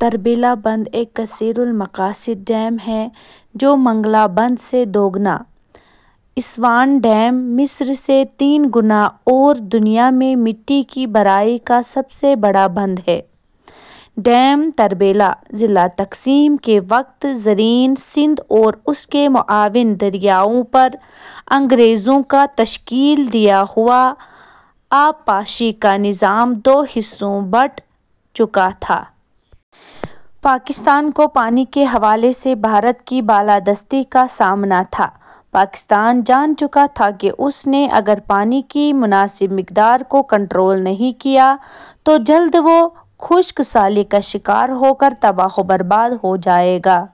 تربیلا بند ایک کثیر المقاصد ڈیم ہے جو منگلا بند سے دو گنا، اسوان ڈیم مصر سے تین گنا اور دنیا میں مٹی کی بھرائی کا سب سے بڑا بند ہے۔ یہ ڈیم تربیلا ، ضلع تقسیم کے وقت زیریں سندھ اور اس کے معاون دریاؤں پر انگریزوں کا تشکیل دیا ہوا آبپاشی کا نظام دو حصوں بٹ چکا تھا۔ پاکستان کو پانی کے حوالے سے بھارت کی بالادستی کا سامنا تھا۔ پاکستان جان چکا تھا کہ اس نے اگر پانی کی مناسب مقدار کو کنٹرول نہیں کیا تو جلد وہ خشک سالی کا شکار ہوکر تباہ وہ برباد ہوجائے گا۔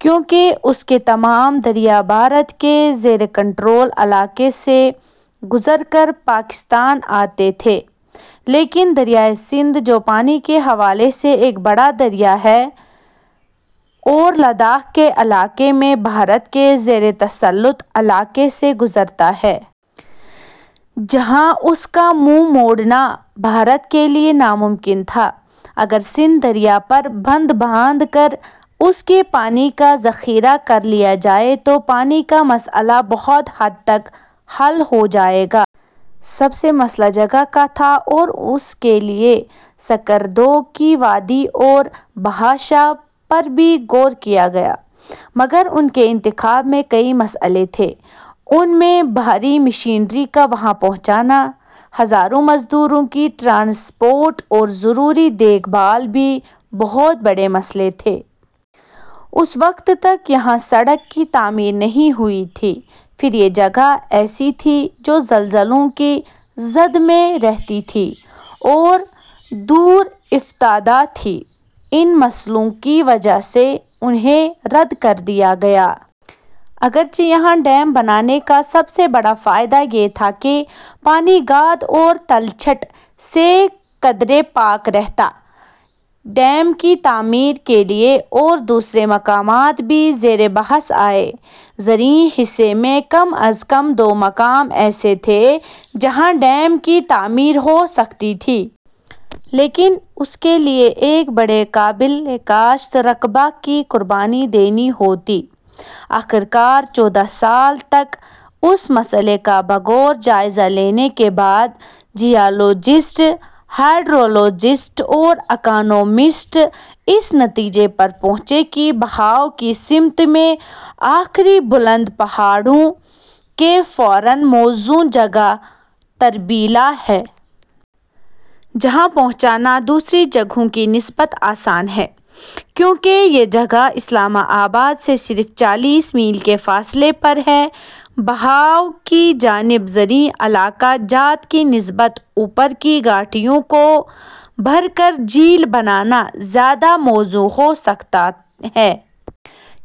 کیوں کہ اس کے تمام دریا بھارت کے زیر کنٹرول علاقہ سے گذر کر پاکستان آتے تھے۔ لیکن دریائے سندھ جو پانی کے حوالے سے ایک بڑا دریا ہے اور لداخ کے علاقہ میں بھارت کے زیر تسلط علاقے سے گزرتا ہے۔ جہاں اس کا منہ موڑنا بھارت کے لیے ناممکن تھا۔ اگر سندھ دریا پر بند باندھ کر اس کے پانی کا ذخیرہ کر لیا جائے تو پانی کا مسلہ بہت حد تک حل ہوجائے گا۔ سب سے مسلہ جگہ کا تھا اور اس کے لیے سکردو کی وادی اور بھاشاہ پر بھی غور کیا گیا، مگر ان کے انتخاب میں کئی مسلے تھے۔ ان میں بھاری مشینری کا وہاں پہچانا، ہزاروں مزدوروں کی ٹرانسپورٹ اور ضروری دیکھ بھال بھی بہت بڑے مسلے تھے۔ اس وقت تک یہاں سڑک کی تعمیر نہیں ہوئی تھی۔ پھر یہ جگہ ایسی تھی جو زلزلوں کی زرد میں رہتی تھی اور دور افتادہ تھی۔ ان مسلوں کی وجہ سے انھیں رد کر دیا گیا۔ اگرچہ یہاں ڈیم بنانے کا سب سے بڑا فائدہ یہ تھا کہ پانی گاد اور تلچھٹ سے قدرے پاک رہتا۔ ڈیم کی تعمیر کے لیے اور دوسرے مقامات بھی زیر بحث آئے۔ زیریں حصے میں کم از کم دو مقام ایسے تھے، جہاں ڈیم کی تعمیر ہو سکتی تھی۔ لیکن اس کے لیے ایک بڑے قابل کاشت رقبہ کی قربانی دینی ہوتی۔ آخر کار چودہ سال تک اس مسلہ کا بغور جائزہ لینے کے بعد جیالوجسٹ، ہائیڈرولوجست اور اکانومسٹ اس نتیجے پر پہنچے کہ بہاوَ کی سمت میں آخری بلند پہاڑیوں کے فوراً موزوں جگہ تربیلہ ہے۔ جہاں پہنچنا دوسری جگہوں کی نسبت آسان ہے۔ کیوں کہ یہ جگہ اسلام آباد سے صرف چالیس میل کے فاصلے پر ہے۔ بہاوَ کی جانب زیریں علاقہ جات کی نسبت اوپر کی گھاٹیوں کو بھر کر جھیل بنانا زیادہ موزوں ہو سکتا ہے۔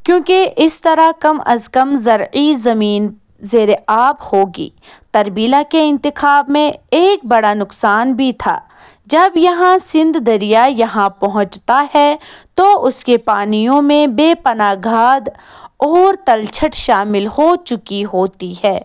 کیوں کہ اس طرح کم سے کم زرعی زمین زیر آب ہوگی۔ تربیلہ کے انتخاب میں ایک بڑا نقصان بھی تھا۔ جب یہاں سندھ دریا یہاں پہنچتا ہے تو اس کے پانیوں میں بے پناہ گاد اور تلچھٹ شامل ہو چکی ہوتی ہے۔